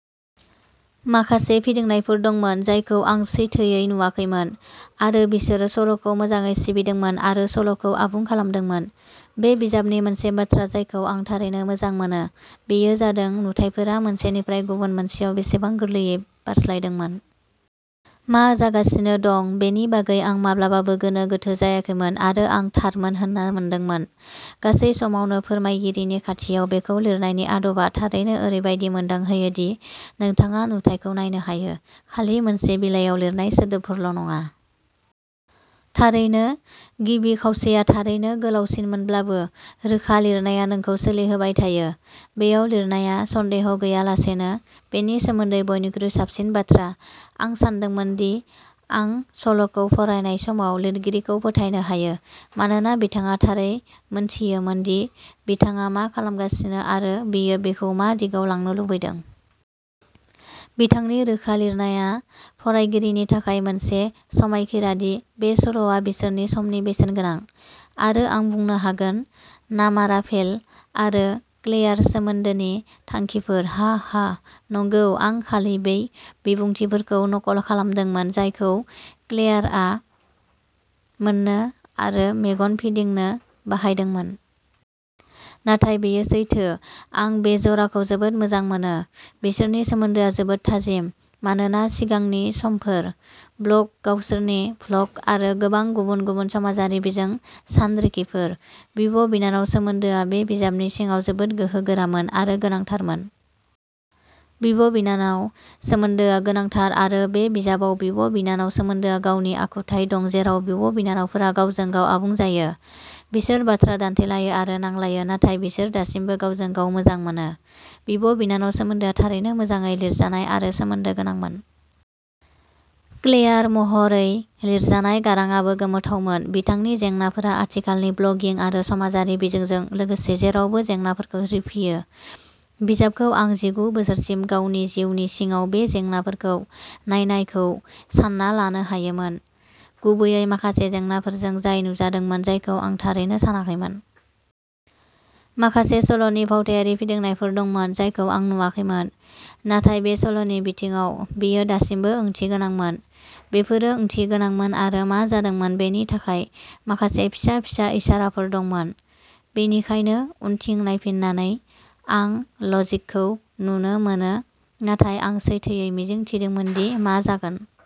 माखासे फिदिंनायफोर दंमोन जायखौ आं सैथोयै नुवाखैमोन, आरो बिसोरो सल'खौ मोजाङै सिबिदोंमोन आरो सल'खौ आबुं खालामदोंमोन। बे बिजाबनि मोनसे बाथ्रा जायखौ आं थारैनो मोजां मोनो बेयो जादों नुथायफोरा मोनसेनिफ्राय गुबुन मोनसेयाव बेसेबां गोरलैयै बारस्लायदोंमोन। मा जागासिनो दं बेनि बागै आं माब्लाबाबो गोनो गोथो जायाखैमोन, आरो आं थारमोन होनना मोनदोंमोन। गासै समावनो फोरमायगिरिनि खाथियाव-बेखौ लिरनायनि आदबआ थारैनो ओरैबायदि मोनदांहोयो दि नोंथाङा नुथायखौ नायनो हायो, खालि मोनसे बिलाइयाव लिरनाय सोदोबफोरल'नङा। थारैनो, गिबि खावसेया थारैनो गोलावसिनमोनब्लाबो, रोखा लिरनाया नोंखौ सोलिहोबाय थायो। बेयाव लिरनाया, सन्देह गैयालासेनो, बेनि सोमोन्दै बयनिख्रुइ साबसिन बाथ्रा। आं सानदोंमोन दि आं सल'खौ फरायनाय समाव लिरगिरिखौ फोथायनो हायो, मानोना बिथाङा थारै मोनथियोमोन दि बिथाङा मा खालामगासिनो आरो बियो बेखौ मा दिगाव लांनो लुबैदों। बिथांनि रोखा लिरनाया फरायगिरिनि थाखाय मोनसे समायखिरा दि बे सल'आ बिसोरनि समनि बेसेनगोनां। आरो आं बुंनो हागोन नामाराफेल आरो क्लेयार सोमोन्दोनि थांखिफोर!!! हाहा, नंगौ, आं खालि बै बिबुंथिफोरखौ नकल खालामदोंमोन जायखौ क्लेयारआ मोननो आरो मेगन फिदिंनो बाहायदोंमोन। नाथाय बेयो सैथो-आं बे जराखौ जोबोद मोजां मोनो। बिसोरनि सोमोन्दोआ जोबोद थाजिम, मानोना सिगांनि समफोर। ब्लग, गावसोरनि भ्लग आरो गोबां गुबुन-गुबुन समाजारि बिजों सानरिखिफोर। बिब'- बिनानाव सोमोन्दोआ बे बिजाबनि सिङाव जोबोद गोहोगोरामोन आरो गोनांथारमोन। बिब'- बिनानाव सोमोन्दोआ गोनांथार आरो बे बिजाबाव बिब'- बिनानाव सोमोन्दोआ गावनि आखुथाय दं जेराव बिब'- बिनानावफोरा गावजों-गाव आबुं जायो। बिसोर बाथ्रा दान्थेलायो आरो नांलायो, नाथाय बिसोर दासिमबो गावजों-गाव मोजां मोनो। बिब'- बिनानाव सोमोन्दोआ थारैनो मोजाङै लिरजानाय आरो सोमोन्दो गोनांमोन। क्लेयार महरै लिरजानाय गारांआबो गोमोथावमोन। बिथांनि जेंनाफोरा आथिखालनि ब्लगिं आरो समाजारि बिजोंजों लोगोसे जेरावबो जेंनाफोरखौ रिफियो। बिजाबखौ आं जिगु बोसोरसिम गावनि जिउनि सिङाव बे जेंनाफोरखौ नायनायखौ सान्ना लानो हायोमोन, गुबैयै माखासे जेंनाफोरजों जाय नुजादोंमोन जायखौ आं थारैनो सानाखैमोन। माखासे सल'नि फावथायारि फिदिंनायफोर दंमोन जायखौ आं नुवाखैमोन, नाथाय बे सल'नि बिथिङाव बेयो दासिमबो ओंथिगोनांमोन। बेफोरो ओंथिगोनांमोन आरो मा जादोंमोन बेनि थाखाय माखासे फिसा-फिसा इसाराफोर दंमोन, बेनिखायनो उनथिं नायफिननानै। आं लजिकखौ नुनो मोनो, नाथाय आं सैथोयै मिजिं थिदोंमोन दि मा जागोन।